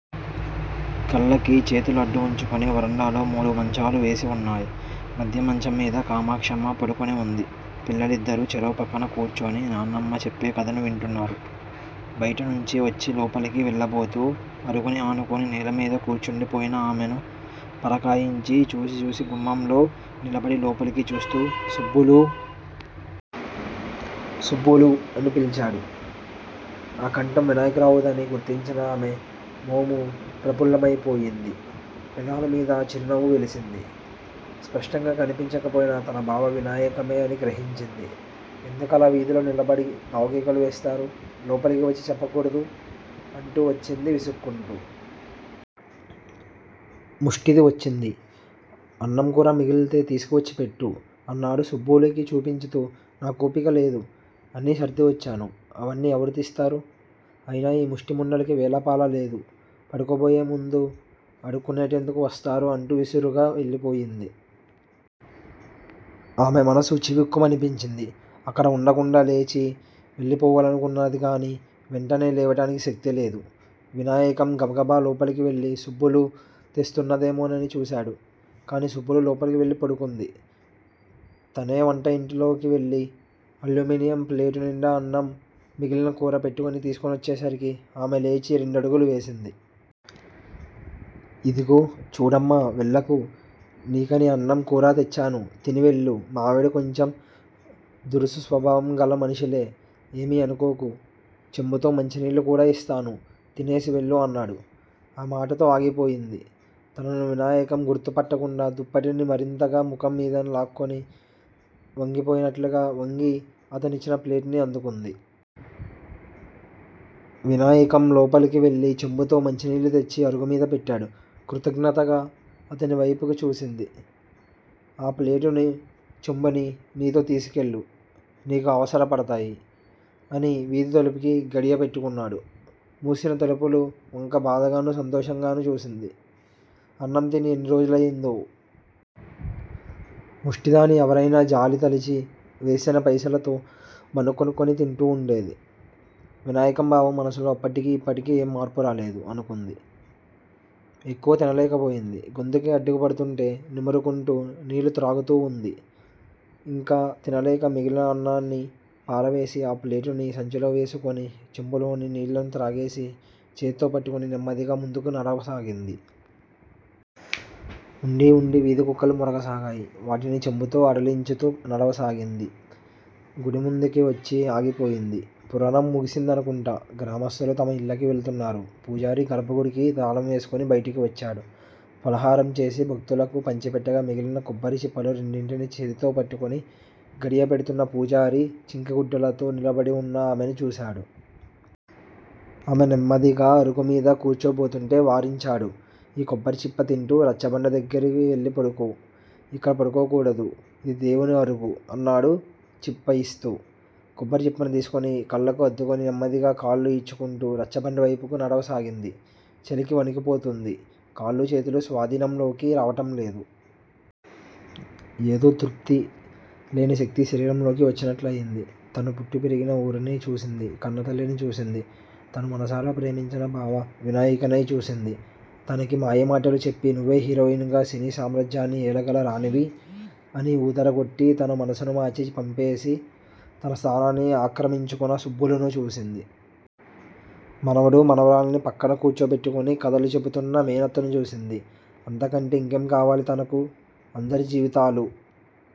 కళ్ళకి చేతులు అడ్డు వుంచుకుని! వరండాలో మూడు మంచాలు వేసి వున్నాయి మధ్య మంచం మీద కామాక్షమ్మ పడుకుని వుంది. పిల్లలిద్దరూ చెరో పక్కనా కూర్చుని నానమ్మ చెప్పే కథని వింటున్నారు బైట నుంచి వచ్చి లోపలికి వెళ్ళబోతూ అరుగుని ఆనుకుని నేలమీద కూర్చుండి పోయిన ఆమెను పరకాయించి చూసి చూసి గుమ్మంలో నిలబడి లోపలికి చూస్తూ- సుబ్బులూ! సుబ్బులూ! అని పిలిచాడు. ఆ కంఠం వినాయకరావుదని గుర్తించిన ఆమె మోము ప్రపుల్లమయిపోయింది. పెదాల మీద చిరునవ్వు వెలిసింది. స్పష్టంగా కనిపించక పోయినా తన బావ వినాయకమే అని గ్రహించింది. ఎందుకలా వీధిలో నిలబడి గావుకేకలు వేస్తారు? లోపలికి వచ్చి చెప్పకూడదూ? అంటూ వచ్చింది విసుక్కుంటూ! ముస్టిది వచ్చింది. అన్నం కూరా మిగిలితే తీసుకువచ్చి పెట్టు! అన్నాడు సుబ్బులుకి చూపించుతూ. నాకు ఓపిక లేదు! అన్నీ సర్ది వచ్చాను. అవన్నీ ఎవరు తీస్తారు? అయినా ఈ ముష్టి ముండలకి వేళాపాళా లేదు! పడుకోబోయే ముందు అడుక్కునేటందుకు వస్తారు అంటూ విసురుగా వెళ్ళి పోయింది. ఆమె మనసు చివుక్కుమనిపించింది. అక్కడ వుండకుండా లేచి వెళ్లిపోవాలనుకున్నది గాని వెంటనే లేవటానికి శక్తి లేదు! వినాయకం గబగబా లోపలికి వెళ్ళి సుబ్బులు తెస్తున్నదేమోనని చూశాడు. కాని సుబ్బులు లోపలికి వెళ్ళి పడుకుంది. తనే వంట ఇంటిలోకి వెళ్ళి అల్యూమినియం ప్లేటు నిండా అన్నం, మిగిలిన కూరా పెట్టుకుని తీసుకొచ్చేసరికి ఆమె లేచి రెండు అడుగులు వేసింది. ఇదిగో! చూడమ్మా! వెళ్ళకు! నీకని అన్నం కూరా తెచ్చాను తిని వెళ్ళు! మా ఆవిడ కొంచెం దురుసు స్వభావం గల మనిషిలే! ఏమీ అనుకోకు! చెంబుతో మంచినీళ్ళు కూడా యిస్తాను. తినేసి వెళ్ళు! అన్నాడు. ఆ మాటతో ఆగిపోయింది. తనను వినాయకం గుర్తు పట్టకుండా దుప్పటిని మరింతగా ముఖం మీదకి లాక్కుని వంగిపోయినట్లుగా వంగి అతనిచ్చిన ప్లేటుని అందుకుంది. వినాయకం లోపలికి వెళ్ళి చెంబుతో మంచినీళ్ళు తెచ్చి అరుగుమీద పెట్టాడు. కృతజ్ఞతగా అతని వైపుకి చూసింది ఆ ప్లేటుని చెంబుని నీతో తీసుకెళ్ళు! నీకు అవసర పడతాయి! అని వీధి తలుపుకి గడియ పెట్టుకున్నాడు. మూసినా తలుపుల వంక బాధగానూ, సంతోషంగానూ చూసింది. అన్నంతిని ఎన్నిరోజులయిందో? ముష్టిదాని ఎవరయినా జాలి తలిచి వేసిన పైసలుతో బన్నుకొనుక్కుని తింటుండేది! వినాయకంబావ మనసులో అప్పటికీ ఇప్పటికీ ఏం మార్పురాలేదు! అనుకుంది. ఎక్కువ తినలేకపోయింది. గొంతుక్కి అడ్డుపడుతుంటే నిమురుకుంటూ నీళ్ళుత్రాగుతూవుంది. యింక తినలేక మిగిలిన అన్నాన్ని పారవేసి ఆ ప్లేటుని సంచిలోవేసుకుని చెంబులోని నీళ్ళనుత్రాగేసి చేత్తో పట్టుకుని నెమ్మదిగా ముందుకి నడవసాగింది. వుండీవుండీ వీధికుక్కలు మొరగసాగాయి. వాటిని చెంబుతో అడిలించుతూ నడవసాగింది. గుడిముందుకివచ్చి ఆగిపోయింది. పురాణం ముగుసిందనుకుంటా! గ్రామస్తులు తమ ఇళ్ళకి వెళుతున్నారు. పూజారి గర్భగుడికి తాళం వేసుకుని బయటికి వచ్చాడు. ఫలహారంచేసి భక్తులకు పంచిపెట్టగా మిగిలిన కొబ్బరిచిప్పలు రెండింటిని చేతితోపట్టుకుని గడియపెడుతున్న పూజారి చింకిగుడ్డలతో నిలబడివున్న ఆమెను చూశాడు. ఆమె నెమ్మదిగా అరుగుమీద కూర్చోబోతుంటే వారించాడు. ఈ కొబ్బరిచిప్ప తింటూ రచ్చబండ దగ్గిరకు వెళ్ళి పడుకో! యిక్కడ పడుకోకూడదు. యిది దేవుని అరుగు! అన్నాడు చిప్పయిస్తూ! కొబ్బరిచిప్పను తీసుకుని కళ్ళకు అద్దుకుని నెమ్మదిగా కాళ్ళు ఈడ్చుకుంటూ రచ్చబండవైపుకి నడవసాగింది. చలికి వణికిపోతోంది! కాళ్ళూ, చేతులూ స్వాధీనంలోకి రావటంలేదు! ఏదో తృప్తి! లేనిశక్తి శరీరంలోకి వచ్చినట్లయింది! తను పుట్టిపెరిగిన ఊరుని చూసింది. కన్నతల్లినిచూసింది. తను మనసారా ప్రేమించినబావ వినాయకనై చూసింది. తనకి మాయమాటలు చెప్పి నువ్వే హీరోయిన్ గా సినీ సామ్రాజ్యాన్ని ఏలగల రాణివి! అని ఊదరగొట్టి తన మనసునిమార్చి పంపేసి తన స్థానాన్ని ఆక్రమించుకున సుబ్బులుని చూసింది. మనవడు, మనవరాలిని పక్కన కూర్చోబెట్టుకుని కథలుచెపుతున్న మేనత్తను చూసింది. అంతకంటే యింకేంకావాలి తనకు? అందరి జీవితాలూ